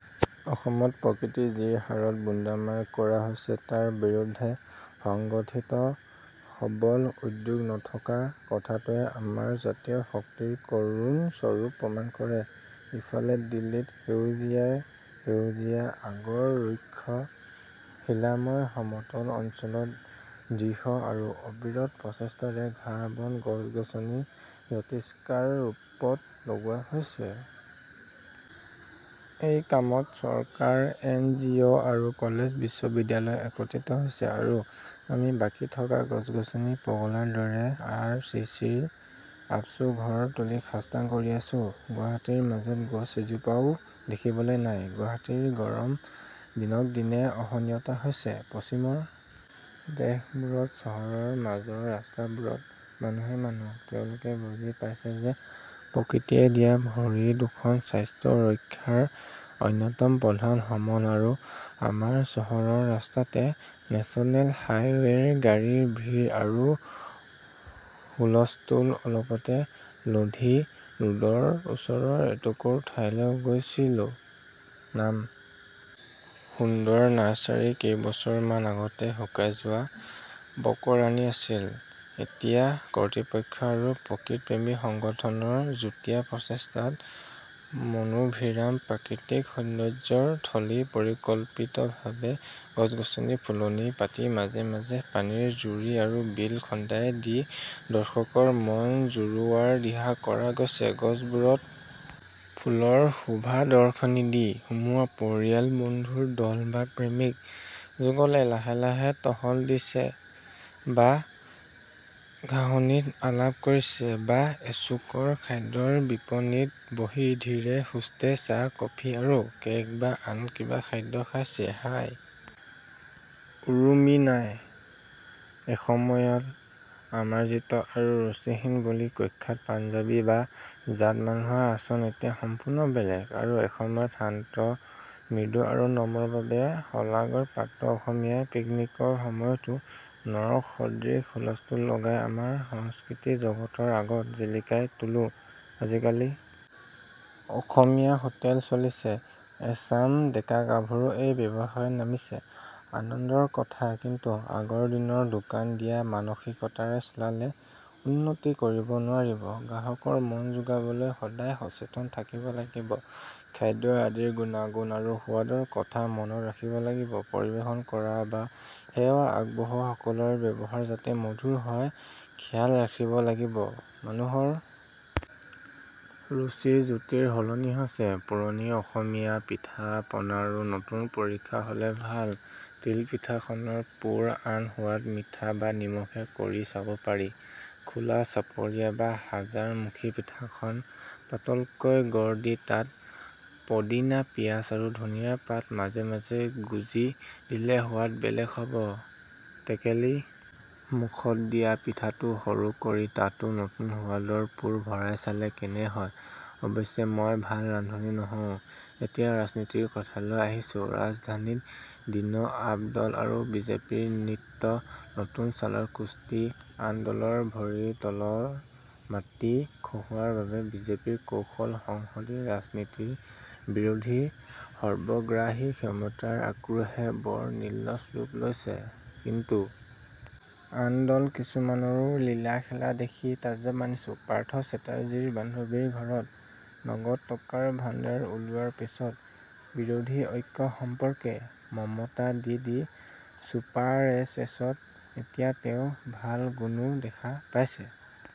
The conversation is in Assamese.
অসমত প্ৰকৃতি যি হাৰত বুন্দামাৰ কৰা হৈছে তাৰ বিৰুদ্ধে সংগঠিত সবল উদ্যোগ নথকা কথাটোৱে আমাৰ জাতীয় শক্তিৰ কৰুণ স্বৰূপ প্ৰমাণ কৰে। ইফালে দিল্লীত সেউজীয়াই সেউজীয়া আগৰ ৰুক্ষ শিলাময় সমতল অঞ্চলত দৃঢ় আৰু অবিৰত প্ৰচেষ্টাৰে ঘাঁহ-বন গছ-গছনি জাতিষ্কাৰ ৰূপত লগোৱা হৈছে। এই কামত চৰকাৰ এন জি অ আৰু কলেজ বিশ্ববিদ্যালয় একত্ৰিত হৈছে আৰু আমি বাকী থকা গছ-গছনি পগলাৰ দৰে আৰ চি চিৰ আপচু ঘৰ তুলি খাস্তাং কৰি আছোঁ। গুৱাহাটীৰ মাজত গছ এজোপাও দেখিবলৈ নাই। গুৱাহাটীৰ গৰম দিনক দিনে অসহনীয় হৈছে। পশ্চিমৰ দেশবোৰত চহৰৰ মাজৰ ৰাস্তাবোৰত মানুহেই মানুহ। তেওঁলোকে বুজি পাইছে যে প্ৰকৃতিয়ে দিয়া ভৰি দুখন স্বাস্থ্য ৰক্ষাৰ অন্যতম প্ৰধান সমল আৰু আমাৰ চহৰৰ ৰাস্তাতে নেশ্যনেল হাইৱেইৰ গাড়ীৰ ভিৰ আৰু হুল-স্থুল অলপতে লোধী ৰোডৰ ওচৰৰ এটুকুৰ ঠাইলৈ গৈছিলো। নাম সুন্দৰ নাৰ্ছাৰি কেইবছৰমান আগতে শুকাই যোৱা বকৰাণি আছিল। এতিয়া কৰ্তৃপক্ষ আৰু প্ৰকৃতিপ্ৰেমী সংগঠনৰ যুটিয়া প্ৰচেষ্টাত মনোভিৰাম প্ৰাকৃতিক সৌন্দৰ্যৰ থলি পৰিকল্পিতভাবে গছ-গছনি ফুলনি পাতি মাজে মাজে পানীৰ জুৰি আৰু বিল খন্দাই দি দৰ্শকৰ মন জুৰোৱাৰ দিহা কৰা হৈছে। গছবোৰত ফুলৰ শোভাদৰ্শনী দি সোমোৱা পৰিয়াল বন্ধুৰ দল বা প্ৰেমিক যুগলে লাহে লাহে টহল দিছে বা ঘাঁহনিত আলাপ কৰিছে বা এচুকৰ খাদ্যৰ বিপণিত বহি ধীৰে সুস্থে চাহ-কফি আৰু কেক বা আন কিবা খাদ্য খাইছে। হাই উৰুমি নাই। এসময়ত অমাৰ্জিত আৰু ৰুচিহীন বুলি কুখ্যাত পাঞ্জাবী বা জাট মানুহৰ আচৰণ এতিয়া সম্পূৰ্ণ বেলেগ আৰু এসময়ত শান্ত মৃদু আৰু নম্ৰ বাবে শলাগৰ পাত্ৰ অসমীয়াই পিকনিকৰ সময়তো নৰক সদৃশ হুলস্থুল লগাই আমাৰ সংস্কৃতি জগতৰ আগত জিলিকাই তোলো। আজিকালি অসমীয়া হোটেল চলিছে। এচাম ডেকাগাভৰু এই ব্যৱসায়ত নামিছে। আনন্দৰ কথা কিন্তু আগৰ দিনৰ দোকান দিয়া মানসিকতাৰে চলালে উন্নতি কৰিব নোৱাৰিব। গ্ৰাহকৰ মন যোগাবলৈ সদায় সচেতন থাকিব লাগিব। খাদ্য আদিৰ গুণা-গুণ আৰু সোৱাদৰ কথা মনত ৰাখিব লাগিব। পৰিবেশন কৰা বা সেৱা আগবঢ়োৱা সকলৰ ব্যৱহাৰ যাতে মধুৰ হয় খেয়াল ৰাখিব লাগিব ।মানুহৰ ৰুচি জুতিৰ সলনি হৈছে। পুৰণি অসমীয়া পিঠা-পনাৰো নতুন পৰীক্ষা হ'লে ভাল ।তিলপিঠা খনৰ পুৰ আন সোৱাদ মিঠা বা নিমখীয়া কৰি চাব পাৰি। খোলা চাপৰিয়া বা হাজাৰ মুখী পিঠাখন পাতলকৈ গঢ় দি তাত পদিনা পিয়াজ আৰু ধনিয়াৰ পাত মাজে মাজে গুজি দিলে সোৱাদ বেলেগ হ'ব। টেকেলি মুখত দিয়া পিঠাটো সৰু কৰি তাতো নতুন সোৱাদৰ পুৰ ভৰাই চালে কেনে হয়? অৱশ্যে মই ভাল ৰান্ধনী নহওঁ। এতিয়া ৰাজনীতিৰ কথা লৈ আহিছোঁ। ৰাজধানীত দিনৌ আপ দল আৰু বিজেপিৰ নিত্য নতুন চালৰ কুস্তি আন দলৰ ভৰিৰ তলৰ মাটি খহোৱাৰ বাবে বিজেপিৰ কৌশল সংসদী ৰাজনীতিৰ বিৰোধী সৰ্বগ্ৰাসী ক্ষমতাৰ আক্ৰোহে বৰ নিৰ্লজ্জ ৰূপ লৈছে। কিন্তু আন দল কিছুমানৰো লীলা-খেলা দেখি তাজ্জব মানিছো। পাৰ্থ চেটাৰ্জীৰ বান্ধবীৰ ঘৰত নগদ টকাৰ ভাণ্ডাৰ ওলোৱাৰ পিছত বিৰোধী ঐক্য সম্পৰ্কে মমতা দিদি চুপ আৰ এছ এছত এতিয়া তেওঁ ভাল গুণো দেখা পাইছে।